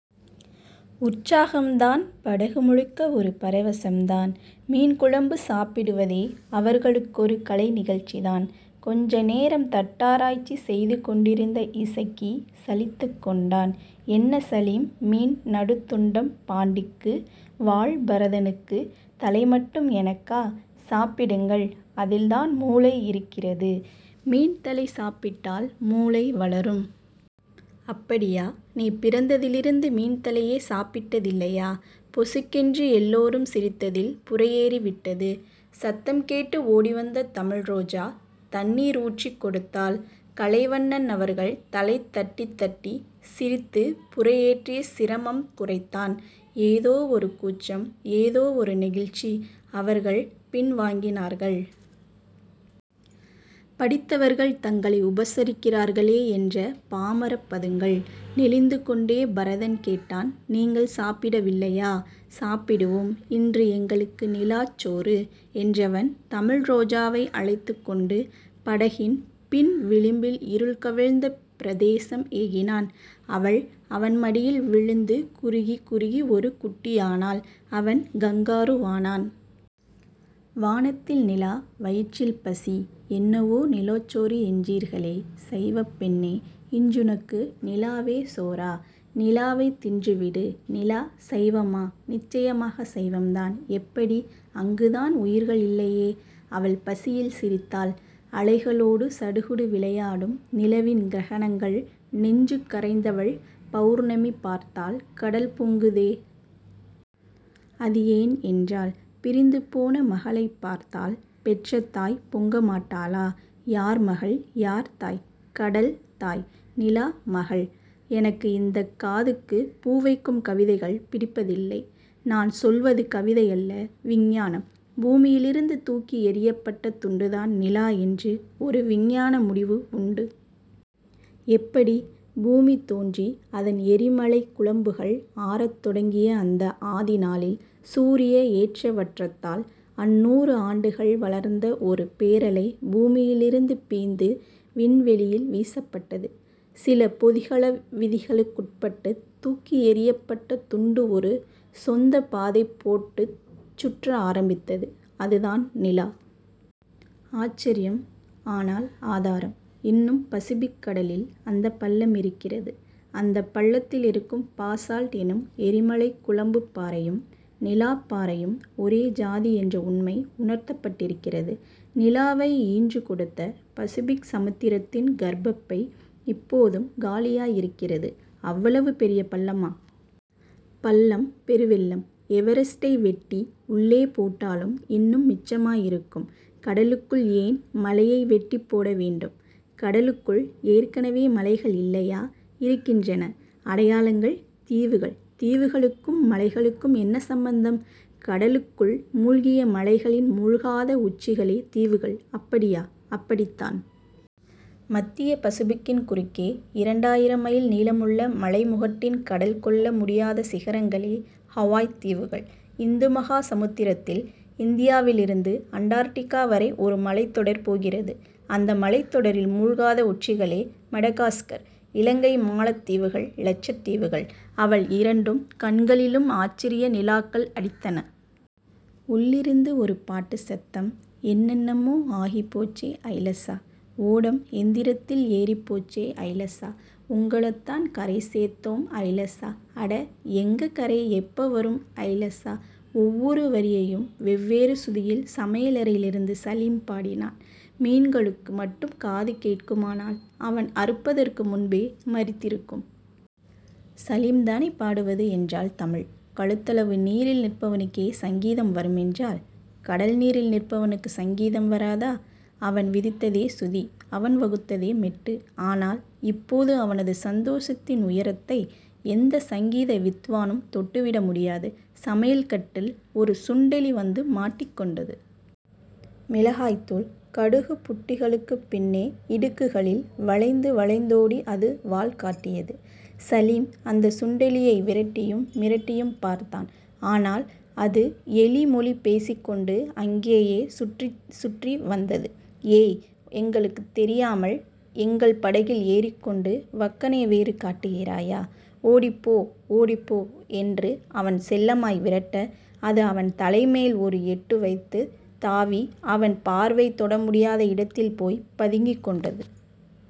உற்சாகம்தான். படகு முழுக்க ஒரு பரவசம்தான். மீன்குழம்பு சாப்பிடுவதே அவர்களுக்கொரு கலைநிகழ்ச்சிதான். கொஞ்சநேரம் தட்டாராய்ச்சி செய்து கொண்டிருந்த இசக்கி சலித்துக்கொண்டான். என்ன சலீம். மீனின் நடுத்துண்டம் பாண்டிக்கு. வால் பரதனுக்கு. தலை மட்டும் எனக்கா..? சாப்பிடுங்கள். அதில்தான் முளை இருக்கிறது. மீன் தலை சாப்பிட்டால் முளை வளரும்... அப்படியா. நீ பிறந்ததிலிருந்து மீன் தலையே சாப்பிட்டதில்லையா..? பொசுக்கென்று எல்லோரும் சிரித்ததில் புரையேறிவிட்டது. சத்தங்கேட்டு ஓடிவந்த தமிழ்ரோஜா தண்ணீர் ஊற்றிக் கொடுத்தாள். கலைவண்ணன் அவர்கள் தலை தட்டித் தட்டி, சிரித்துப் புரையேற்றிய சிரமம் குறைத்தான். ஏதோ ஒரு கூச்சம். ஏதோ ஒரு நெகிழ்ச்சி. அவர்கள் பின்வாங்கினார்கள். படித்தவர்கள் தங்களை உபசரிக்கிறார்களே என்ற பாமரப் பதுங்கல். நெளிந்துகொண்டே பரதன் கேட்டான். நீங்கள் சாப்பிடவில்லையா..? சாப்பிடுவோம். இன்று எங்களுக்கு நிலாச்சோறு... என்றவன், தமிழ்ரோஜாவை அழைத்துக்கொண்டு படகின் பின்விளிம்பில் இருள் கவிந்த பிரதேசம் ஏகினான். அவள், அவன் மடியில் விழுந்து குறுகிக் குறுகி ஒரு குட்டியானாள். அவன் கங்காருவானான். வானத்தில் நிலா. வயிற்றில் பசி. என்னவோ நிலாச்சோறு என்றீர்களே. சைவப்பெண்ணே. இன்றுனக்கு நிலாவே சோறு... நிலாவைத் தின்றுவிடு... நிலா சைவமா..? நிச்சயமாய்ச் சைவம்தான்... எப்படி..? அங்குதான் உயிர்கள் இல்லையே. அவள் பசியில் சிரித்தாள். அலைகளோடு சடுகுடு விளையாடும் நிலவின் கிரணங்களில் நெஞ்சுகரைந்தவள் பெளர்ணமி பார்த்தால் கடல் பொங்குகிறதே. அது ஏன்..? என்றாள். பிரிந்துபோன மகளைப் பார்த்தால் பெற்ற தாய் பொங்கமாட்டாளா..? யார் மகள்..? யார் தாய்..? கடல் தாய்... நிலா மகள்... எனக்கு இந்தக் காதுக்குப் பூ வைக்கும் கவிதைகள் பிடிப்பதில்லை... நான் சொல்வது கவிதையல்ல. விஞ்ஞானம். பூமியிலிருந்து தூக்கியெறியப்பட்ட துண்டுதான் நிலா என்று ஒரு விஞ்ஞான முடிவு உண்டு... எப்படி..? பூமி தோன்றி அதன் எரிமலைக் குழம்புகள் ஆறத்தொடங்கிய அந்த ஆதிநாளில் சூரிய ஏற்றவற்றத்தால் ஐந்நூறு ஆண்டுகள் வளர்ந்த ஒரு பேரலை பூமியிலிருந்து பிய்ந்து விண்வெளியில் வீசப்பட்டது. சில பெளதிக விதிகளுக்குட்பட்டுத் தூக்கியெறியப்பட்ட துண்டு ஒரு சொந்தப் பாதை போட்டுச் சுற்ற ஆரம்பித்தது. அதுதான் நிலா... ஆச்சரியம். ஆனால் ஆதாரம்..? இன்னும் பசிபிக் கடலில் அந்தப் பள்ளமிருக்கிறது. அந்தப் பள்ளத்திலிருக்கும் பசால்ட் என்னும் எரிமலைக் குழம்புப் பாறையும், நிலாப் பாறையும் ஒரே ஜாதி என்ற உண்மை உணர்த்தப்பட்டிருக்கிறது. நிலாவை ஈன்று கொடுத்த பசிபிக் சமுத்திரத்தின் கர்ப்பப்பை இப்போதும் காலியாயிருக்கிறது... அவ்வளவு பெரிய பள்ளமா..? பள்ளம். பெரும்பள்ளம். எவரெஸட்டை வெட்டி உள்ளே போட்டாலும் இன்னும் மிச்சமிருக்கும்... கடலுக்குள் ஏன் மலையை வெட்டிப் போட வேண்டும். கடலுக்குள் ஏற்கெனவே மலைகள் இல்லையா..? இருக்கின்றன... அடையாளங்கள்..? தீவுகள்... தீவுகளுக்கும் மலைகளுக்கும் என்ன சம்பந்தம்..? கடலுக்குள் முழ்கிய மலைகளின் முழ்காத உச்சிகளே தீவுகள்... அப்படியா..? அப்படித்தான்... மத்திய பசிபிக்கின் குறுக்கே இரண்டாயிரம் மைல் நீளமுள்ள மலைமுகட்டின் கடல் கொள்ள முடியாத சிகரங்களே ஹவாய்த் தீவுகள். இந்துமகா சமுத்திரத்தில் இந்தியாவிலிருந்து அண்டார்டிகா வரை ஒரு மலைத்தொடர் போகிறது. அந்த மலைத்தொடரில் முழ்காத உச்சிகளே மடகாஸகர் இலங்கை மாலத்தீவுகள் லட்சத்தீவுகள்... அவள் இரண்டு கண்களிலும் ஆச்சரிய நிலாக்கள் அடித்தன. உள்ளிருந்து ஒரு பாட்டுச் சத்தம். என்னென்னமோ ஆகிப்போச்சு ஐலசா ஓடம் எந்திரத்தில் ஏறிப்போச்சு ஐலசா... ஒங்களத்தான் கரைசேத்தோம் ஐலசா அட எங்க கரை எப்ப வரும் ஐலசா... ஒவ்வொரு வரியையும் வெவ்வேறு சுதியில் சமையலறையிலிருந்து சலீம் பாடினான். மீன்களுக்கு மட்டும் காது கேட்குமானால் அவன் அறுப்பதற்கு முன்பே மரித்திருக்கும். சலீம்தானே பாடுவது..? என்றாள் தமிழ். கழுத்தளவு நீரில் நிற்பவனுக்கே சங்கீதம் வருமென்றால், கடல்நீரில் நிற்பவனுக்குச் சங்கீதம் வராதா..? அவன் விதித்ததே சுதி. அவன் வகுத்ததே மெட்டு. ஆனால், இப்போது அவனது சந்தோஷத்தின் உயரத்தை எந்தச் சங்கீத வித்வானும் தொட்டுவிட முடியாது... சமையல்கட்டில் ஒரு சுண்டெலி வந்து மாட்டிக் கொண்டது. மிளகாய்த்தூள், கடுகுபுட்டிகளுக்குப் பின்னே இடுக்குகளில் வளைந்து வளைந்தோடி அது வால்காட்டியது. சலீம் அந்தச் சுண்டெலியை விரட்டியும் மிரட்டியும் பார்த்தான். ஆனால், அது எலிமொழி பேசிக்கொண்டு அங்கேயே சுற்றிச்சுற்றி வந்தது. ஏய். எங்களுக்குத் தெரியாமல் எங்கள் படகில் ஏறிக்கொண்டு வக்கணை வேறு காட்டுகிறாயா..? ஓடிப்போ. ஓடிப்போ. என்று அவன் செல்லமாய் விரட்ட, அது அவன் தலைமேல் ஒரு எட்டு வைத்துத் தாவி, அவன் பார்வை தொடமுடியாத இடத்தில் போய்ப் பதுங்கிக்கொண்டது.